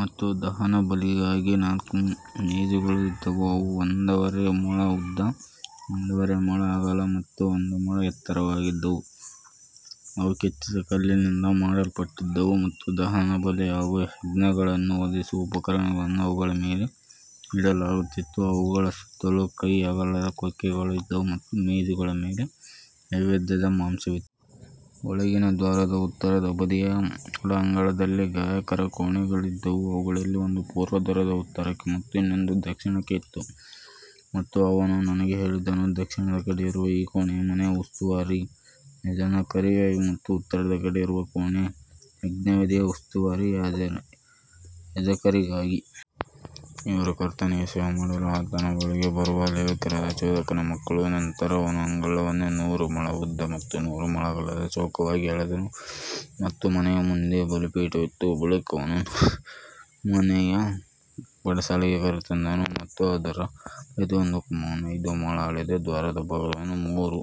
ಮತ್ತು ದಹನಬಲಿಗಾಗಿ ನಾಲ್ಕು ಮೇಜುಗಳು ಇದ್ದವು. ಅವು ಒಂದೂವರೆ ಮೊಳ ಉದ್ದ, ಒಂದೂವರೆ ಮೊಳ ಅಗಲ ಮತ್ತು ಒಂದು ಮೊಳ ಎತ್ತರವಾಗಿದ್ದವು. ಅವು ಕೆತ್ತಿದ ಕಲ್ಲಿನಿಂದ ಮಾಡಲ್ಪಟ್ಟಿದ್ದವು ಮತ್ತು ದಹನಬಲಿ ಹಾಗೂ ಯಜ್ಞಗಳನ್ನು ವಧಿಸುವ ಉಪಕರಣಗಳನ್ನು ಅವುಗಳ ಮೇಲೆ ಇಡಲಾಗುತ್ತಿತ್ತು. ಅವುಗಳ ಸುತ್ತಲೂ ಕೈ ಅಗಲದ ಕೊಕ್ಕೆಗಳು ಇದ್ದವು ಮತ್ತು ಮೇಜುಗಳ ಮೇಲೆ ನೈವೇದ್ಯದ ಮಾಂಸವಿತ್ತು. ಒಳಗಿನ ದ್ವಾರದ ಉತ್ತರದ ಬದಿಯ ಒಳ ಅಂಗಳದಲ್ಲಿ ಗಾಯಕರ ಕೋಣೆಗಳಿದ್ದವು. ಅವುಗಳಲ್ಲಿ ಒಂದು ಪೂರ್ವ ದ್ವಾರದ ಉತ್ತರಕ್ಕೆ ಮತ್ತು ಇನ್ನೊಂದು ದಕ್ಷಿಣಕ್ಕೆ ಇತ್ತು. ಮತ್ತು ಅವನು ನನಗೆ ಹೇಳಿದನು, ದಕ್ಷಿಣದ ಕಡೆ ಇರುವ ಈ ಕೋಣೆ ಮನೆಯ ಉಸ್ತುವಾರಿ ಯಾಜಕರಿಗಾಗಿ ಮತ್ತು ಉತ್ತರದ ಕಡೆ ಇರುವ ಕೋಣೆ ಯಜ್ಞವೇದಿಯ ಉಸ್ತುವಾರಿ ಯಾಜಕರಿಗಾಗಿ. ಇವರು ಕರ್ತನಿಗೆ ಸೇವೆ ಮಾಡಲು ಆತನ ಬಳಿಗೆ ಬರುವ ಲೇವಿಯರಾದ ಚಾದೋಕನ ಮಕ್ಕಳು. ನಂತರ ಅವನು ಅಂಗಳವನ್ನು ನೂರು ಮೊಳ ಉದ್ದ ಮತ್ತು ನೂರು ಮೊಳ ಅಗಲದ ಚೌಕವಾಗಿ ಅಳೆದನು ಮತ್ತು ಮನೆಯ ಮುಂದೆ ಬಲಿಪೀಠವಿತ್ತು. ಬಳಿಕ ಅವನು ನನ್ನನ್ನು ಮನೆಯ ಪಡಸಾಲೆಗೆ ಕರೆತಂದನು ಮತ್ತು ಅದರ ಪ್ರತಿಯೊಂದು ಕಂಬವನ್ನು ಐದು ಮೊಳ ಅಳೆದು ದ್ವಾರದ ಅಗಲವನ್ನು ಮೂರು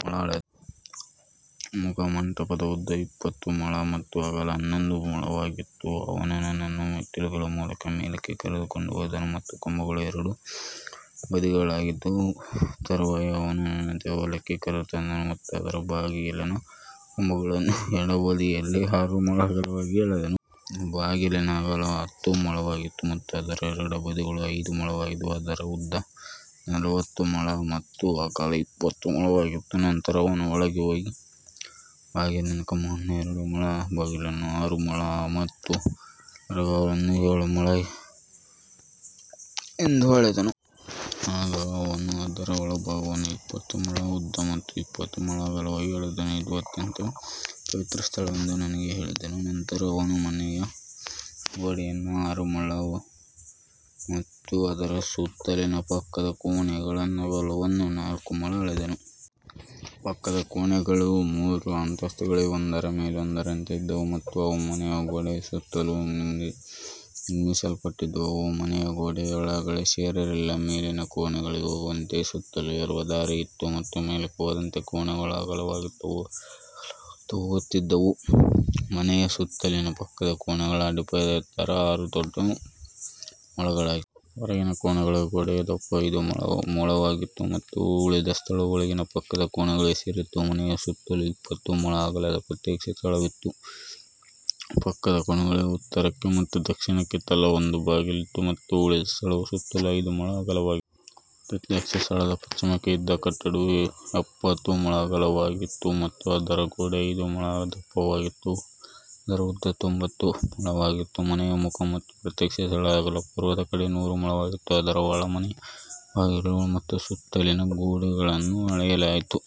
ಮೊಳ ಅಳೆದನು. ಮುಖಮಂಟಪದ ಉದ್ದ ಇಪ್ಪತ್ತು ಮೊಳ ಮತ್ತು ಅಗಲ ಹನ್ನೊಂದು ಮೊಳವಾಗಿತ್ತು. ಅವನು ನನ್ನನ್ನು ಮೆಟ್ಟಿಲುಗಳ ಮೂಲಕ ಮೇಲಕ್ಕೆ ಕರೆದುಕೊಂಡು ಹೋದನು ಮತ್ತು ಕಂಬಗಳು ಎರಡೂ ಬದಿಗಳಲ್ಲಿದ್ದವು. ತರುವಾಯ ಅವನು ನನ್ನನ್ನು ದೇವಾಲಯಕ್ಕೆ ಕರೆತಂದನು ಮತ್ತು ಅದರ ಬಾಗಿಲಿನ ಕಂಬಗಳನ್ನು ಎರಡೂ ಬದಿಯಲ್ಲಿ ಆರು ಮೊಳ ಅಗಲವಾಗಿ ಅಳೆದನು. ಬಾಗಿಲಿನ ಅಗಲ ಹತ್ತು ಮೊಳವಾಗಿತ್ತು ಮತ್ತು ಅದರ ಎರಡೂ ಬದಿಗಳು ಐದು ಮೊಳವಾಗಿದ್ದವು. ಅದರ ಉದ್ದ ನಲವತ್ತು ಮೊಳ ಮತ್ತು ಅಗಲ ಇಪ್ಪತ್ತು ಮೊಳವಾಗಿತ್ತು. ನಂತರ ಅವನು ಒಳಗೆ ಹೋಗಿ ಬಾಗಿಲಿನ ಕಂಬವನ್ನು ಎರಡು ಮೊಳ, ಬಾಗಿಲನ್ನು ಆರು ಮೊಳ ಮತ್ತು ಅದರ ಅಗಲವನ್ನು ಏಳು ಮೊಳ ಎಂದು ಅಳೆದನು. ಆಗ ಅವನು ಅದರ ಒಳಭಾಗವನ್ನು ಇಪ್ಪತ್ತು ಮೊಳ ಉದ್ದ ಮತ್ತು ಇಪ್ಪತ್ತು ಮೊಳ ಅಗಲವಾಗಿ ಅಳೆದು, ಇದು ಅತ್ಯಂತ ಪವಿತ್ರ ಸ್ಥಳವೆಂದು ನನಗೆ ಹೇಳಿದನು. ನಂತರ ಅವನು ಮನೆಯ ಗೋಡೆಯನ್ನು ಆರು ಮೊಳ ಮತ್ತು ಅದರ ಸುತ್ತಲಿನ ಪಕ್ಕದ ಕೋಣೆಗಳ ಅಗಲವನ್ನು ನಾಲ್ಕು ಮೊಳ ಅಳೆದನು. ಪಕ್ಕದ ಕೋಣೆಗಳು ಮೂರು ಅಂತಸ್ತುಗಳಲ್ಲಿ ಒಂದರ ಮೇಲೆ ಒಂದರಂತೆ ಇದ್ದವು ಮತ್ತು ಅವು ಮನೆಯ ಗೋಡೆಯ ಸುತ್ತಲೂ ನಿರ್ಮಿಸಲ್ಪಟ್ಟಿದ್ದವು. ಅವು ಮನೆಯ ಗೋಡೆಯೊಳಗೆ ಸೇರಿರಲಿಲ್ಲ. ಮೇಲಿನ ಕೋಣೆಗಳಿಗೆ ಹೋಗುವಂತೆ ಸುತ್ತಲೂ ಏರುವ ದಾರಿ ಇತ್ತು ಮತ್ತು ಮೇಲಕ್ಕೆ ಹೋದಂತೆ ಕೋಣೆಗಳು ಅಗಲವಾಗುತ್ತಾ ಹೋಗುತ್ತಿದ್ದವು. ಮನೆಯ ಸುತ್ತಲಿನ ಪಕ್ಕದ ಕೋಣೆಗಳ ಅಡಿಪಾಯದ ಎತ್ತರ ಆರು ದೊಡ್ಡ ಮೊಳಗಳಾಗಿತ್ತು. ಹೊರಗಿನ ಕೋಣೆಗಳ ಗೋಡೆಯ ದಪ್ಪ ಐದು ಮೊಳವಾಗಿತ್ತು ಮತ್ತು ಉಳಿದ ಸ್ಥಳವು ಒಳಗಿನ ಪಕ್ಕದ ಕೋಣೆಗಳಿಗೆ ಸೇರಿತ್ತು. ಮನೆಯ ಸುತ್ತಲೂ ಇಪ್ಪತ್ತು ಮೊಳ ಅಗಲದ ಪ್ರತ್ಯೇಕ ಸ್ಥಳವಿತ್ತು. ಪಕ್ಕದ ಕೋಣೆಗಳಿಗೆ ಉತ್ತರಕ್ಕೆ ಮತ್ತು ದಕ್ಷಿಣಕ್ಕೆ ತಲಾ ಒಂದು ಬಾಗಿಲಿತ್ತು ಮತ್ತು ಉಳಿದ ಸ್ಥಳವು ಸುತ್ತಲೂ ಐದು ಮೊಳ ಅಗಲವಾಗಿತ್ತು. ಪ್ರತ್ಯೇಕ ಸ್ಥಳದ ಪಶ್ಚಿಮಕ್ಕೆ ಇದ್ದ ಕಟ್ಟಡವು ಎಪ್ಪತ್ತು ಮೊಳ ಅಗಲವಾಗಿತ್ತು ಮತ್ತು ಅದರ ಗೋಡೆ ಐದು ಮೊಳ ದಪ್ಪವಾಗಿತ್ತು. ಅದರ ಉದ್ದ ತೊಂಬತ್ತು ಮೊಳವಾಗಿತ್ತು. ಮನೆಯ ಮುಖ ಮತ್ತು ಪ್ರತ್ಯೇಕ ಸ್ಥಳದ ಅಗಲ ಪೂರ್ವದ ಕಡೆ ನೂರು ಮೊಳವಾಗಿತ್ತು. ಅದರ ಒಳಮನೆ, ಬಾಗಿಲುಗಳು ಮತ್ತು ಸುತ್ತಲಿನ ಗೋಡೆಗಳನ್ನೂ ಅಳೆಯಲಾಯಿತು.